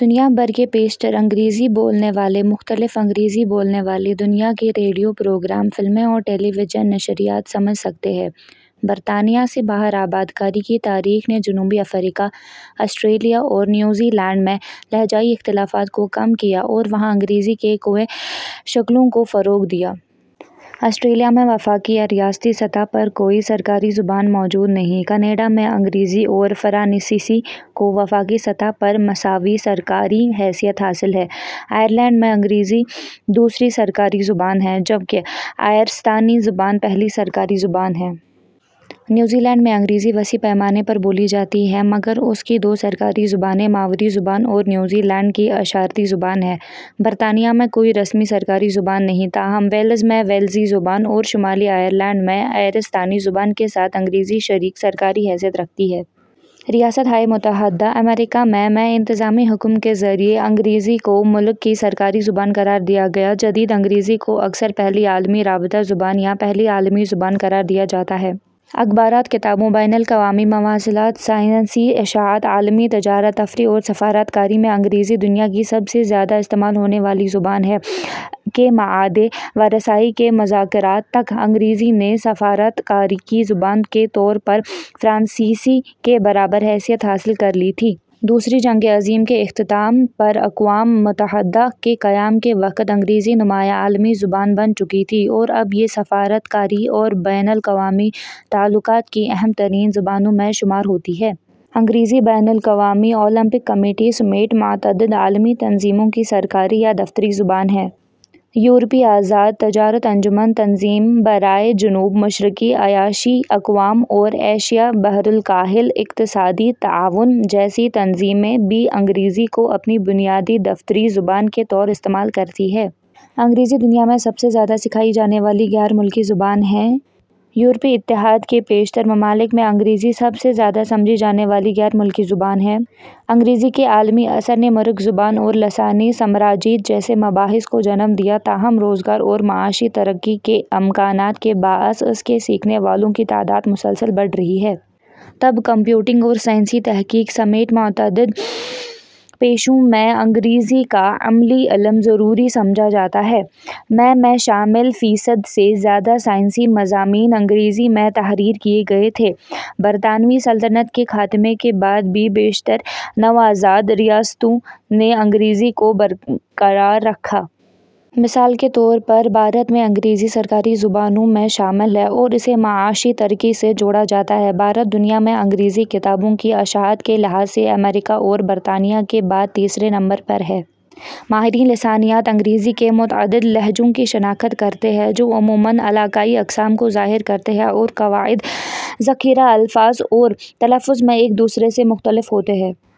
دنیا بھر کے بیشتر انگریزی بولنے والے مختلف انگریزی بولنے والی دنیا کے ریڈیو پروگرام، فلمیں اور ٹیلی وژن نشریات سمجھ سکتے ہیں۔ برطانیہ سے باہر آبادکاری کی تاریخ نے جنوبی افریقا ، آسٹریلیا اور نیوزی لینڈ میں لہجائی اختلافات کو کم کیا اور وہاں انگریزی کی کوئنے شکلوں کو فروغ دیا۔ آسٹریلیا میں وفاقی یا ریاستی سطح پر کوئی سرکاری زبان موجود نہیں۔ کینیڈا میں انگریزی اور فرانسیسی کو وفاقی سطح پر مساوی سرکاری حیثیت حاصل ہے۔ آئرلینڈ میں انگریزی دوسری سرکاری زبان ہے، جبکہ آئیرستانی زبان پہلی سرکاری زبان ہے۔ نیوزی لینڈ میں انگریزی وسیع پیمانے پر بولی جاتی ہے، مگر اس کی دو سرکاری زبانیں ماؤری زبان اور نیوزی لینڈ کی اشارتی زبان ہیں۔ برطانیہ میں کوئی رسمی سرکاری زبان نہیں، تاہم ویلز میں ویلزی زبان اور شمالی آئرلینڈ میں آئیرستانی زبان کے ساتھ انگریزی شریک سرکاری حیثیت رکھتی ہے۔ ریاست ہائے متحدہ امریکہ میں ء میں انتظامی حکم کے ذریعے انگریزی کو ملک کی سرکاری زبان قرار دیا گیا۔ جدید انگریزی کو اکثر پہلی عالمی رابطہ زبان یا پہلی عالمی زبان قرار دیا جاتا ہے۔ اخبارات، کتابوں، بین الاقوامی مواصلات، سائنسی اشاعت، عالمی تجارت، تفریح اور سفارت کاری میں انگریزی دنیا کی سب سے زیادہ استعمال ہونے والی زبان ہے۔ ء کے معاہدۂ ورسائے کے مذاکرات تک انگریزی نے سفارت کاری کی زبان کے طور پر فرانسیسی کے برابر حیثیت حاصل کر لی تھی۔ دوسری جنگ عظیم کے اختتام پر اقوام متحدہ کے قیام کے وقت انگریزی نمایاں عالمی زبان بن چکی تھی اور اب یہ سفارت کاری اور بین الاقوامی تعلقات کی اہم ترین زبانوں میں شمار ہوتی ہے۔ انگریزی بین الاقوامی اولمپک کمیٹی سمیت متعدد عالمی تنظیموں کی سرکاری یا دفتری زبان ہے۔ یورپی آزاد تجارت انجمن ، تنظیم برائے جنوب مشرقی ایشیائی اقوام اور ایشیا بحرالکاہل اقتصادی تعاون جیسی تنظیمیں بھی انگریزی کو اپنی بنیادی دفتری زبان کے طور پر استعمال کرتی ہیں۔ انگریزی دنیا میں سب سے زیادہ سکھائی جانے والی غیر ملکی زبان ہے۔ یورپی اتحاد کے بیشتر ممالک میں انگریزی سب سے زیادہ سمجھی جانے والی غیر ملکی زبان ہے۔ انگریزی کے عالمی اثر نے مرگ زبان اور لسانی سامراجیت جیسے مباحث کو جنم دیا، تاہم روزگار اور معاشی ترقی کے امکانات کے باعث اس کے سیکھنے والوں کی تعداد مسلسل بڑھ رہی ہے۔ طب، کمپیوٹنگ اور سائنسی تحقیق سمیت متعدد پیشوں میں انگریزی کا عملی علم ضروری سمجھا جاتا ہے۔ ء میں میں شامل فیصد سے زیادہ سائنسی مضامین انگریزی میں تحریر کیے گئے تھے۔ برطانوی سلطنت کے خاتمے کے بعد بھی بیشتر نوآزاد ریاستوں نے انگریزی کو برقرار رکھا۔ مثال کے طور پر بھارت میں انگریزی سرکاری زبانوں میں شامل ہے اور اسے معاشی ترقی سے جوڑا جاتا ہے۔ بھارت دنیا میں انگریزی کتابوں کی اشاعت کے لحاظ سے امریکا اور برطانیہ کے بعد تیسرے نمبر پر ہے۔ ۔ ماہرینِ لسانیات انگریزی کے متعدد لہجوں کی شناخت کرتے ہیں، جو عموماً علاقائی اقسام کو ظاہر کرتے ہیں اور قواعد، ذخیرہ الفاظ اور تلفظ میں ایک دوسرے سے مختلف ہوتے ہیں۔